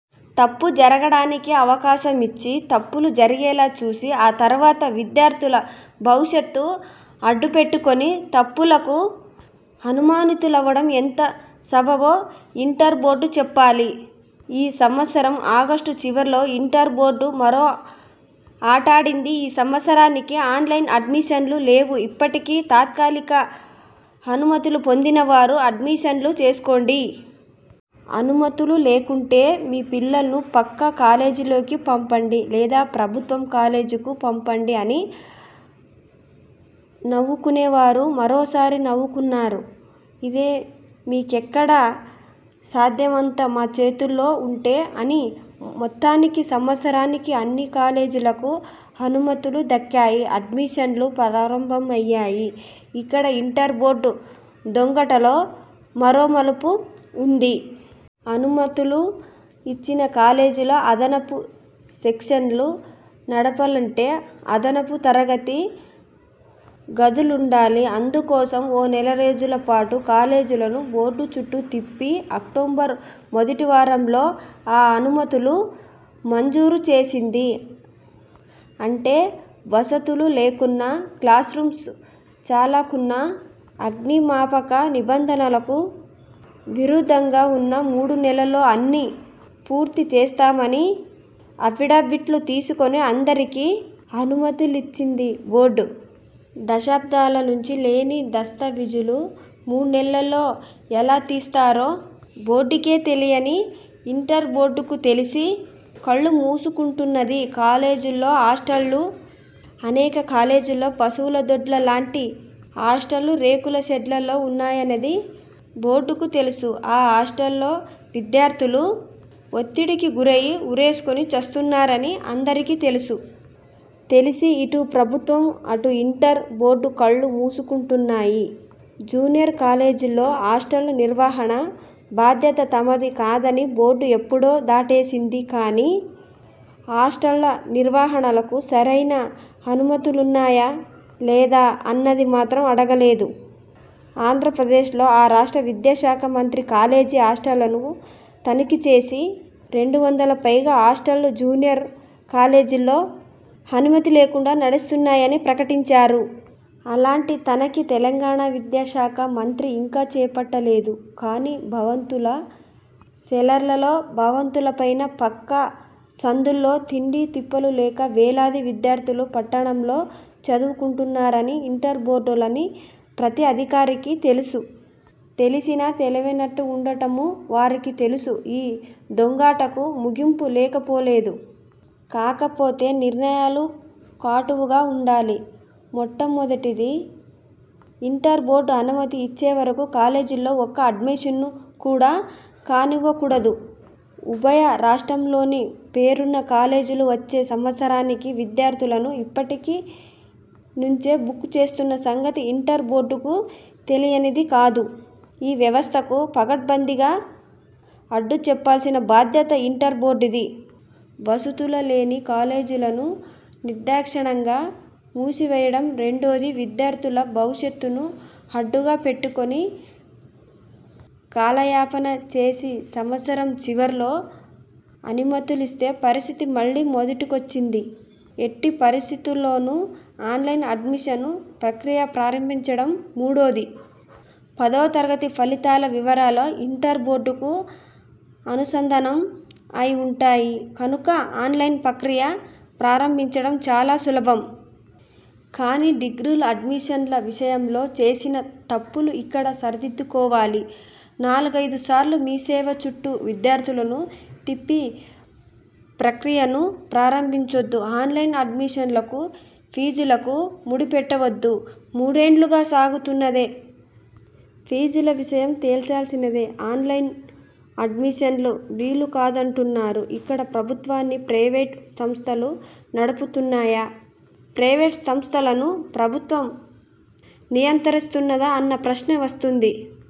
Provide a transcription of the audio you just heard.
తప్పు జరగడానికి అవకాశమిచ్చి, తప్పులు జరిగేలా చూసి, ఆ తర్వాత విద్యార్థుల భవిష్యత్తు అడ్డుపెట్టుకుని తప్పులకు అనుమతులివ్వడం ఎంత సబబో ఇంటర్ బోర్డు చెప్పాలి. ఈ సంవత్సరం ఆగస్టు చివర్లో ఇంటర్ బోర్డు మరో ఆటాడింది. 'ఈ సంవత్సరానికి ఆన్లైన్ అడ్మిషన్లు లేవు' ఇప్పటికి తాత్కాలిక అనుమతులు పొందిన వారు అడ్మిషన్లు చేసుకోండి. అనుమతులు లేకుంటే మీ పిల్లలను పక్క కాలేజీల్లోకి పంపండి. లేదా ప్రభుత్వ కాలేజీలకు పంపండి అని. నవ్వుకునేవారు మరోసారి నవ్వుకున్నారు. 'ఇది మీకెక్కడ సాధ్యం అంతా మా చేతుల్లో ఉంటే' అని. మొత్తానికి సంవత్సరానికి అన్ని కాలేజీలకు అనుమతులు దక్కాయి. అడ్మిషన్లు ప్రారంభమయ్యాయి. ఇక్కడ ఇంటర్ బోర్డు దొంగాటలో మరో మలుపు ఉంది. అనుమతులు ఇచ్చిన కాలేజీల అదనపు సెక్షన్లు నడపాలంటే అదనపు తరగతి గదులుండాలి. అందుకోసం ఓ నెలరోజుల పాటు కాలేజీలను బోర్డు చుట్టూ తిప్పి అక్టోబర్ మొదటి వారంలో ఆ అనుమతులూ మంజూరు చేసింది. అంటే – వసతులు లేకున్నా, క్లాస్రూమ్స్ చాలకున్నా, అగ్నిమాపక నిబంధనలకు విరుద్ధంగా ఉన్నా – మూడునెలల్లో అన్నీ పూర్తిచేస్తామని అఫిడవిట్లు తీసుకుని అందరికీ అనుమతులిచ్చింది బోర్డు. దశాబ్దాల నుంచి లేని దస్తావేజులు మూణ్ణెల్లలో ఎలాతెస్తారో బోర్డుకేతెలియాలి. ఇంటర్ బోర్డుకు తెలిసీ కళ్లుమూసుకుంటున్నది కాలేజీల్లో హాస్టళ్లు. అనేక కాలేజీల్లో పశువుల దొడ్ల లాంటి హాస్టళ్లు రేకుల షెడ్లలో ఉన్నాయన్నది బోర్డుకు తెలుసు. ఆ హాస్టళ్లలో విద్యార్థులు ఒత్తిడికి గురయి ఉరేసుకు చస్తున్నారని అందరికీ తెలుసు. తెలిసీ, ఇటు ప్రభుత్వం, అటు ఇంటర్ బోర్డు కళ్లు మూసుకుంటున్నాయి. జూనియర్ కాలేజీల్లో హాస్టళ్ల నిర్వహణ బాధ్యత తమది కాదని బోర్డు ఎప్పుడో దాటేసింది కాని, హాస్టళ్ల నిర్వహణకు సరయిన అనుమతులున్నాయా లేదా అన్నది మాత్రం అడగలేదు. ఆంధ్రప్రదేశ్లో, ఆ రాష్ట్ర విద్యా శాఖ మంత్రి కాలేజీ హాస్టళ్లను తనిఖీ చేసి, రెండొందల పైగా హాస్టళ్లు జూనియర్ కాలేజీల్లో అనుమతుల్లేకుండా నడుస్తున్నాయని ప్రకటించారు. అలాంటి తనిఖీ తెలంగాణ విద్యా శాఖ మంత్రి ఇంకా చేపట్టలేదు. కాని, భవంతుల సెల్లార్లలో, భవంతులపైనా, పక్క సందుల్లో, తిండీ తిప్పలు లేక వేలాది విద్యార్థినులు పట్టణాలు చదువుకుంటున్నారని ఇంటర్ బోర్డులోని ప్రతి అధికారికీ తెలుసు. తెలిసినా తెలవనట్టుండటమూ వారికీ తెలుసు. ఈ దొంగాటకు ముగింపు లేకపోలేదు. కాకపోతే నిర్ణయాలు కటువుగా వుండాలి. మొట్టమొదటిది, ఇంటర్ బోర్డు అనుమతి ఇచ్చే వరకూ కాలేజీల్లో ఒక్క అడ్మిషన్ కూడా కానివ్వకూడదు. ఉభయ రాష్ర్టాల్లోని పేరున్న కాలేజీలు వచ్చే సంవత్సరానికి విద్యార్థులను ఇప్పటి నుంచే బుక్ చేస్తున్న సంగతి ఇంటర్ బోర్డుకు తెలియనిది కాదు. ఈ వ్యవస్థకు పకడ్బందీగా అడ్డుచెప్పాల్సిన బాధ్యత ఇంటర్ బోర్డుది. వసతులు లేని కాలేజీలను నిర్దాక్షిణ్యంగా మూసేయడం రెండోది. విద్యార్థుల భవిష్యత్తును అడ్డుగా పెట్టుకుని కాలయాపన చేసి సంవత్సరం చివర్లో అనుమతులిస్తే పరిస్థితి మళ్లీ మొదటికొస్తుంది. ఎట్టి పరిస్థితుల్లోనూ ఆన్లైన్ అడ్మిషన్ ప్రక్రియ ప్రారంభించడం మూడోది. పదో తరగతి ఫలితాల వివరాలు ఇంటర్ బోర్డుకు అనుసంధానం అయి ఉంటాయి కనుక, ఆన్లైన్ ప్రక్రియ ప్రారంభించడం చాలా సులభం. కానీ డిగ్రీ అడ్మిషన్ల విషయంలో చేసిన తప్పులు ఇక్కడ సరిదిద్దుకోవాలి. నాలుగైదు సార్లు మీసేవ చుట్టూ విద్యార్థులను తిప్పే ప్రక్రియను ప్రారంభించొద్దు. ఆన్లైన్ అడ్మిషన్లకూ, ఫీజులకూ ముడిపెట్టవద్దు. మూడేండ్లుగా సాగుతున్నదిదే. ఫీజుల విషయం తేల్చనిదే ఆన్లైన్ అడ్మిషన్లు వీలు కాదంటున్నారు. ఇక్కడ ప్రభుత్వాన్ని ప్రైవేటు సంస్థలు నడుపుతున్నాయా, ప్రైవేటు సంస్థలను ప్రభుత్వం నియంత్రిస్తున్నదా అన్న ప్రశ్న వస్తుంది.